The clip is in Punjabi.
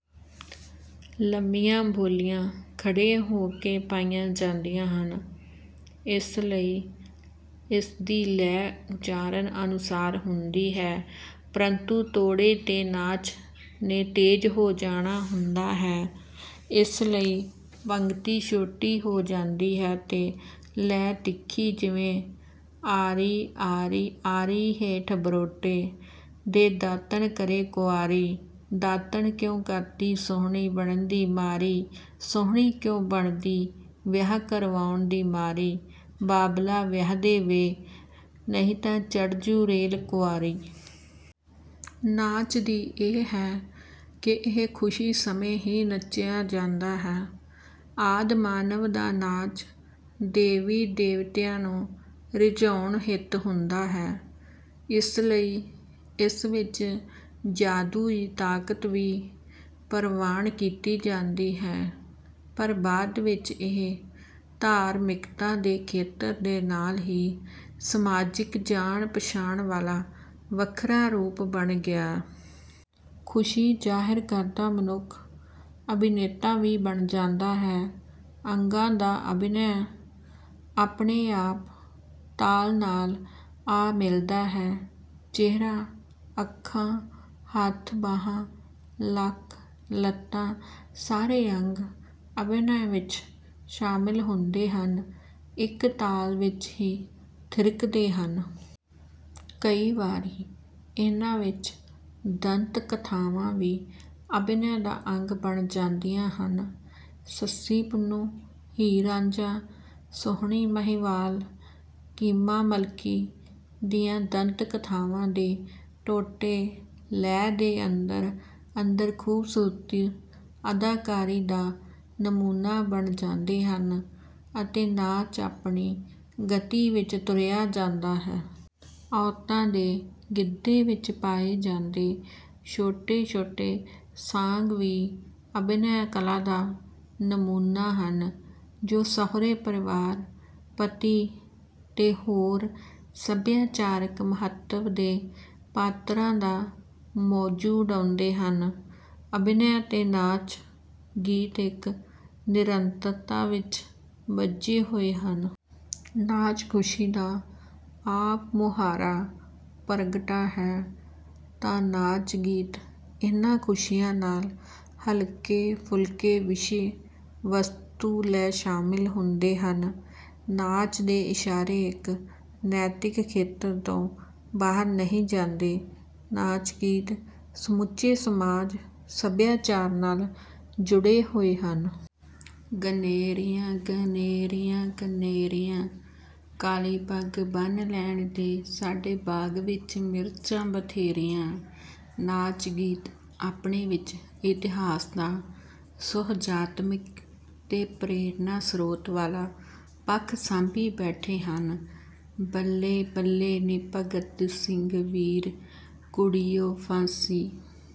ਲੰਮੀਆਂ ਬੋਲੀਆਂ ਖੜ੍ਹੇ ਹੋ ਕੇ ਪਾਈਆਂ ਜਾਂਦੀਆਂ ਹਨ ਇਸ ਲਈ ਇਸ ਦੀ ਲੈਅ ਉਚਾਰਣ ਅਨੁਸਾਰ ਹੁੰਦੀ ਹੈ ਪਰੰਤੂ ਤੋੜੇ ਤੇ ਨਾਚ ਨੇ ਤੇਜ਼ ਹੋ ਜਾਣਾ ਹੁੰਦਾ ਹੈ ਇਸ ਲਈ ਪੰਗਤੀ ਛੋਟੀ ਹੋ ਜਾਂਦੀ ਹੈ ਤੇ ਲੈਅ ਤਿੱਖੀ ਜਿਵੇਂ; ਆਰੀ ਆਰੀ ਆਰੀਹੇਠ ਬਰੋਟੇ ਦੇ ਦਾਤਣ ਕਰੇ ਕੁਆਰੀਦਾਤਣ ਕਿਉਂ ਕਰਦੀ ਸੁਹਣੀ ਬਣਨ ਦੀ ਮਾਰੀਸੁਹਣੀ ਕਿਉਂ ਬਣਦੀ ਵਿਆਹ ਕਰਾਉਣ ਦੀ ਮਾਰੀਬਾਬਲਾ ਵਿਆਹ ਦੇ ਵੇਨਹੀਂ ਤਾਂ ਚੜ੍ਹ ਜਾਊ ਰੇਲ ਕੁਆਰੀ। ਨਾਚ ਦੀ ਇਹ ਹੈ ਕਿ ਇਹ ਖੁਸ਼ੀ ਸਮੇਂ ਹੀ ਨੱਚਿਆ ਜਾਂਦਾ ਹੈ। ਆਦਿ ਮਾਨਵ ਦਾ ਨਾਚ ਦੇਵੀ ਦੇਵਤਿਆਂ ਨੂੰ ਰਿਝਾਉਣ ਹਿੱਤ ਹੁੰਦਾ ਹੈ ਇਸ ਲਈ ਇਸ ਵਿਚ ਜਾਦੂਈ ਤਾਕਤ ਵੀ ਪ੍ਰਵਾਣ ਕੀਤੀ ਜਾਂਦੀ ਹੈ ਪਰ ਬਾਦ ਵਿਚ ਇਹ ਧਾਰਮਿਕਤਾ ਦੇ ਖੇਤਰ ਦੇ ਨਾਲ ਹੀ ਸਮਾਜਿਕ ਜਾਣ ਪਛਾਣ ਵਾਲਾ ਵੱਖਰਾ ਰੂਪ ਬਣ ਗਿਆ। ਖੁਸ਼ੀ ਜ਼ਾਹਿਰ ਕਰਦਾ ਮਨੁੱਖ ਅਭਿਨੇਤਾ ਵੀ ਬਣ ਜਾਂਦਾ ਹੈ, ਅੰਗਾਂ ਦਾ ਅਭਿਨੈ ਆਪਣੇ ਆਪ ਤਾਲ ਨਾਲ ਆ ਮਿਲਦਾ ਹੈ। ਚਿਹਰਾ, ਅੱਖਾਂ, ਹੱਥ ਬਾਹਾਂ, ਲੱਕ, ਲੱਤਾਂ ਸਾਰੇ ਅੰਗ ਅਭਿਨੈ ਵਿਚ ਸ਼ਾਮਿਲ ਹੁੰਦੇ ਹਨ। ਇਕ ਤਾਲ ਵਿਚ ਹੀ ਥਿਰਕਦੇ ਹਨ। ਕਈ ਵਾਰੀ ਇਨ੍ਹਾਂ ਵਿਚ ਦੰਤ ਕਥਾਵਾਂ ਵੀ ਅਭਿਨੈ ਦਾ ਅੰਗ ਬਣ ਜਾਂਦੀਆਂ ਹਨ। ਸੱਸੀ-ਪੁੰਨੂ, ਹੀਰ-ਰਾਝਾਂ, ਸੋਹਣੀ-ਮਹੀਂਵਾਲ, ਕੀਮਾ-ਮਲਕੀ ਦੀਆਂ ਦੰਤ ਕਥਾਵਾਂ ਦੇ ਟੋਟੇ ਲੈਅ ਦੇ ਅੰਦਰ ਅੰਦਰ ਖੂਬਸੂਰਤ ਅਦਾਕਾਰੀ ਦਾ ਨਮੂਨਾ ਬਣ ਜਾਂਦੇ ਹਨ ਅਤੇ ਨਾਚ ਆਪਣੀ ਗਤੀ ਵਿਚ ਤੁਰਿਆ ਜਾਂਦਾ ਹੈ। ਔਰਤਾਂ ਦੇ ਗਿੱਧੇ ਵਿਚ ਪਾਏ ਜਾਂਦੇ ਛੋਟੇ ਛੋਟੇ ਸਾਂਗ ਵੀ ਅਭਿਨੈ ਕਲਾ ਦਾ ਨਮੂਨਾ ਹਨ ਜੋ ਸਹੁਰੇ ਪਰਿਵਾਰ, ਪਤੀ ਤੇ ਹੋਰ ਸਭਿਆਚਾਰਕ ਮਹੱਤਵ ਦੇ ਪਾਤਰਾਂ ਦਾ ਮੌਜੂ ਉਡਾਉਂਦੇ ਹਨ। ਅਭਿਨੈ ਤੇ ਨਾਚ। ਗੀਤ ਇਕ ਨਿਰੰਤਰਤਾ ਵਿਚ ਬੱਝੇ ਹੋਏ ਹਨ। ਨਾਚ ਖੁਸ਼ੀ ਦਾ ਆਪ ਮੁਹਾਰਾ ਪ੍ਰਗਟਾ ਹੈ ਤਾਂ ਨਾਚ ਗੀਤ ਇਨ੍ਹਾਂ ਖੁਸ਼ੀਆਂ ਨਾਲ ਹਲਕੇ ਫੁਲਕੇ ਵਿਸ਼ੇ ਵਸਤੂ ਲੈ ਸ਼ਾਮਿਲ ਹੁੰਦੇ ਹਨ। ਨਾਚ ਦੇ ਇਸ਼ਾਰੇ ਇਕ ਨੈਤਿਕ ਖੇਤਰ ਤੋਂ ਬਾਹਰ ਨਹੀਂ ਜਾਂਦੇ। ਨਾਚ ਗੀਤ ਸਮੁੱਚੇ ਸਮਾਜ ਸਭਿਆਚਾਰ ਨਾਲ ਜੁੜੇ ਹੋਏ ਹਨ। ਗਨੇਰੀਆਂ ਗਨੇਰੀਆਂ ਗਨੇਰੀਆਂ, ਕਾਲ਼ੀ ਪੱਗ ਬੰਨ੍ਹ ਲੈਣ ਦੇ ਸਾਡੇ ਬਾਗ ਵਿਚ ਮਿਰਚਾਂ ਬਥੇਰੀਆਂ। ਨਾਚ ਗੀਤ ਆਪਣੇ ਵਿਚ ਇਤਿਹਾਸ ਦਾ ਸੁਹਜਾਤਮਕ ਤੇ ਪ੍ਰੇਰਣਾ ਸ੍ਰੋਤ ਵਾਲ਼ਾ ਪੱਖ ਸਾਂਭੀ ਬੈਠੇ ਹਨ। ਬੱਲੇ ਬੱਲੇ ਨੀ ਭਗਤ ਸਿੰਘ ਵੀਰ ਕੁੜੀਉਫਾਂਸੀ